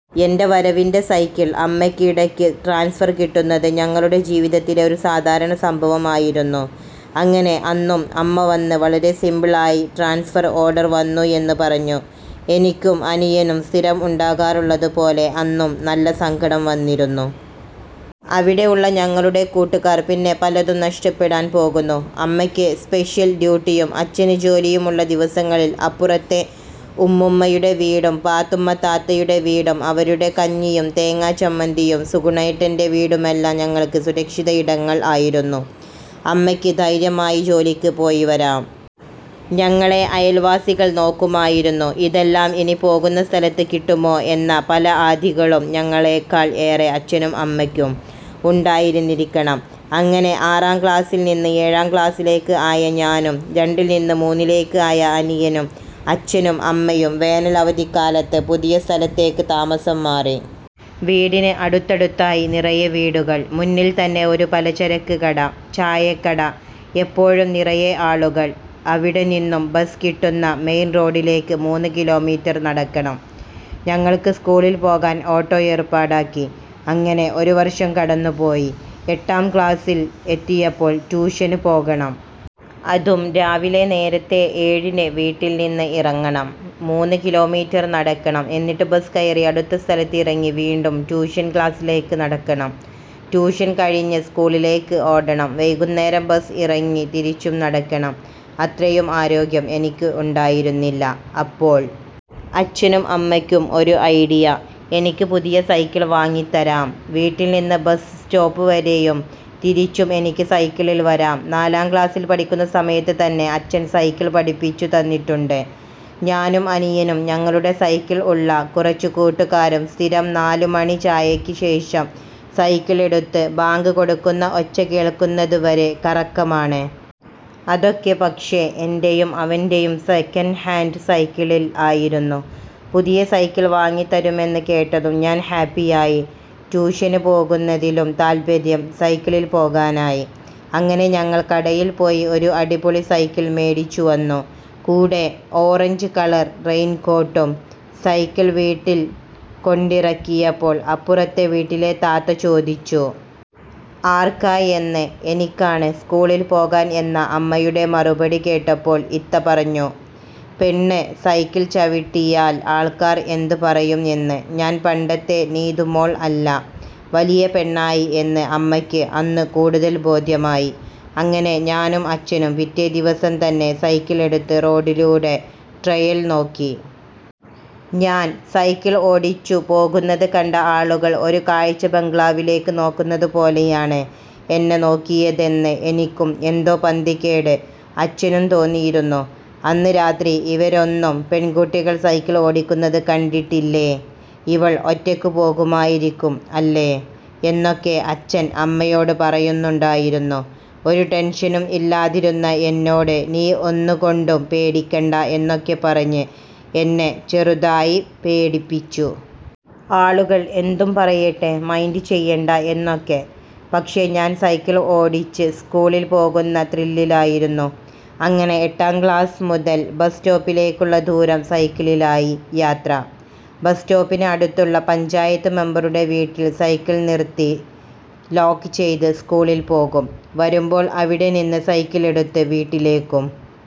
എൻ്റെ വരവിൻ്റെ സൈക്കിൾ അമ്മയ്ക്ക് ഇടയ്ക്ക് ട്രാൻസ്ഫർ കിട്ടുന്നത് ഞങ്ങളുടെ ജീവിതത്തിലെ ഒരു സാധാരണ സംഭവം ആയിരുന്നു. അങ്ങനെ അന്നും അമ്മ വന്ന് വളരെ സിംപിൾ ആയി ട്രാൻസ്ഫർ ഓർഡർ വന്നു എന്ന് പറഞ്ഞു. എനിക്കും അനിയനും സ്ഥിരം ഉണ്ടാകാറുള്ളതുപോലെ അന്നും നല്ല സങ്കടം വന്നിരുന്നു. അവിടെ ഉള്ള ഞങ്ങളുടെ കൂട്ടുകാർ പിന്നെ പലതും നഷ്ടപ്പെടാൻ പോകുന്നു. അമ്മയ്ക്ക് സ്പെഷ്യൽ ഡ്യൂട്ടിയും അച്ഛന് ജോലിയും ഉള്ള ദിവസങ്ങളിൽ അപ്പുറത്തെ ഉമ്മുമ്മയുടെ വീടും പാത്തുമ്മ താത്തയുടെ വീടും അവരുടെ കഞ്ഞിയും തേങ്ങാ ചമ്മന്തിയും സുഗുണേട്ടൻ്റെ വീടുമെല്ലാം ഞങ്ങൾക്ക് സുരക്ഷിത ഇടങ്ങൾ ആയിരുന്നു. അമ്മയ്ക്ക് ധൈര്യമായി ജോലിക്ക് പോയിവരാം. ഞങ്ങളെ അയൽവാസികൾ നോക്കുമായിരുന്നു. ഇതെല്ലാം ഇനി പോകുന്ന സ്ഥലത്ത് കിട്ടുമോ എന്ന പല ആധികളും ഞങ്ങളെക്കാൾ ഏറെ അച്ഛനും അമ്മയ്ക്കും ഉണ്ടായിരുന്നിരിക്കണം. അങ്ങനെ ആറാം ക്ലാസിൽ നിന്ന് ഏഴാം ക്ലാസിലേക്ക് ആയ ഞാനും രണ്ടിൽ നിന്ന് മൂന്നിലേക്ക് ആയ അനിയനും അച്ഛനും അമ്മയും വേനൽ അവധിക്കാലത്ത് പുതിയ സ്ഥലത്തേക്ക് താമസം മാറി. വീടിന് അടുത്തടുത്തായി നിറയെ വീടുകൾ. മുന്നിൽ തന്നെ ഒരു പലചരക്ക് കട, ചായക്കട, എപ്പോഴും നിറയെ ആളുകൾ. അവിടെനിന്നും ബസ് കിട്ടുന്ന മെയിൻ റോഡിലേക്ക് മൂന്ന് കിലോമീറ്റർ നടക്കണം. ഞങ്ങൾക്ക് സ്കൂളിൽ പോകാൻ ഓട്ടോ ഏർപ്പാടാക്കി. അങ്ങനെ ഒരു വർഷം കടന്നുപോയി. എട്ടാം ക്ലാസിൽ എത്തിയപ്പോൾ ട്യൂഷന് പോകണം. അതും രാവിലെ നേരത്തെ ഏഴിന് വീട്ടിൽ നിന്ന് ഇറങ്ങണം. മൂന്ന് കിലോമീറ്റർ നടക്കണം. എന്നിട്ട് ബസ് കയറി അടുത്ത സ്ഥലത്ത് ഇറങ്ങി വീണ്ടും ട്യൂഷൻ ക്ലാസിലേക്ക് നടക്കണം. ട്യൂഷൻ കഴിഞ്ഞ് സ്കൂളിലേക്ക് ഓടണം. വൈകുന്നേരം ബസ് ഇറങ്ങി തിരിച്ചും നടക്കണം. അത്രയും ആരോഗ്യം എനിക്ക് ഉണ്ടായിരുന്നില്ല. അപ്പോൾ അച്ഛനും അമ്മയ്ക്കും ഒരു ഐഡിയ. എനിക്ക് പുതിയ സൈക്കിൾ വാങ്ങിത്തരാം. വീട്ടിൽ നിന്ന് ബസ് സ്റ്റോപ്പ് വരെയും തിരിച്ചും എനിക്ക് സൈക്കിളിൽ വരാം. നാലാം ക്ലാസിൽ പഠിക്കുന്ന സമയത്ത് തന്നെ അച്ഛൻ സൈക്കിൾ പഠിപ്പിച്ചുതന്നിട്ടുണ്ട്. ഞാനും അനിയനും ഞങ്ങളുടെ സൈക്കിൾ ഉള്ള കുറച്ച് കൂട്ടുകാരും സ്ഥിരം നാല് മണി ചായയ്ക്ക് ശേഷം സൈക്കിൾ എടുത്ത് ബാങ്ക് കൊടുക്കുന്ന ഒച്ച കേൾക്കുന്നതുവരെ കറക്കമാണ്. അതൊക്കെ പക്ഷേ എൻ്റെയും അവൻ്റെയും സെക്കൻഡ് ഹാൻഡ് സൈക്കിളിൽ ആയിരുന്നു. പുതിയ സൈക്കിൾ വാങ്ങിത്തരുമെന്ന് കേട്ടതും ഞാൻ ഹാപ്പിയായി. ട്യൂഷന് പോകുന്നതിലും താൽപര്യം സൈക്കിളിൽ പോകാനായി. അങ്ങനെ ഞങ്ങൾ കടയിൽ പോയി ഒരു അടിപൊളി സൈക്കിൾ മേടിച്ചുവന്നു. കൂടെ ഓറഞ്ച് കളർ റെയിൻകോട്ടും. സൈക്കിൾ വീട്ടിൽ കൊണ്ടിറക്കിയപ്പോൾ അപ്പുറത്തെ വീട്ടിലെ താത്ത ചോദിച്ചു. ആർക്കാ എന്ന്. എനിക്കാണ് സ്കൂളിൽ പോകാൻ എന്ന അമ്മയുടെ മറുപടി കേട്ടപ്പോൾ ഇത്ത പറഞ്ഞു. പെണ്ണ് സൈക്കിൾ ചവിട്ടിയാൽ ആൾക്കാർ എന്ത് പറയും എന്ന്. ഞാൻ പണ്ടത്തെ നീതു മോൾ അല്ല, വലിയ പെണ്ണായി എന്ന് അമ്മയ്ക്ക് അന്ന് കൂടുതൽ ബോധ്യമായി. അങ്ങനെ ഞാനും അച്ഛനും പിറ്റേ ദിവസം തന്നെ സൈക്കിൾ എടുത്ത് റോഡിലൂടെ ട്രയൽ നോക്കി. ഞാൻ സൈക്കിൾ ഓടിച്ചു പോകുന്നത് കണ്ട ആളുകൾ ഒരു കാഴ്ചബംഗ്ലാവിലേക്ക് നോക്കുന്നതുപോലെയാണ് എന്നെ നോക്കിയതെന്ന് എനിക്കും എന്തോ പന്തികേട് അച്ഛനും തോന്നിയിരുന്നു. അന്ന് രാത്രി ഇവരൊന്നും പെൺകുട്ടികൾ സൈക്കിൾ ഓടിക്കുന്നത് കണ്ടിട്ടില്ലേ? ഇവൾ ഒറ്റയ്ക്ക് പോകുമായിരിക്കും അല്ലേ? എന്നൊക്കെ അച്ഛൻ അമ്മയോട് പറയുന്നുണ്ടായിരുന്നു. ഒരു ടെൻഷനും ഇല്ലാതിരുന്ന എന്നോട് നീ ഒന്നുകൊണ്ടും പേടിക്കണ്ട എന്നൊക്കെ പറഞ്ഞ് എന്നെ ചെറുതായി പേടിപ്പിച്ചു. ആളുകൾ എന്തും പറയട്ടെ, മൈൻഡ് ചെയ്യണ്ട എന്നൊക്കെ. പക്ഷേ ഞാൻ സൈക്കിൾ ഓടിച്ച് സ്കൂളിൽ പോകുന്ന ത്രില്ലിലായിരുന്നു. അങ്ങനെ എട്ടാം ക്ലാസ് മുതൽ ബസ് സ്റ്റോപ്പിലേക്കുള്ള ദൂരം സൈക്കിളിലായി യാത്ര. ബസ് സ്റ്റോപ്പിന് അടുത്തുള്ള പഞ്ചായത്ത് മെമ്പറുടെ വീട്ടിൽ സൈക്കിൾ നിർത്തി ലോക്ക് ചെയ്ത് സ്കൂളിൽ പോകും. വരുമ്പോൾ അവിടെ നിന്ന് സൈക്കിൾ എടുത്ത് വീട്ടിലേക്കും.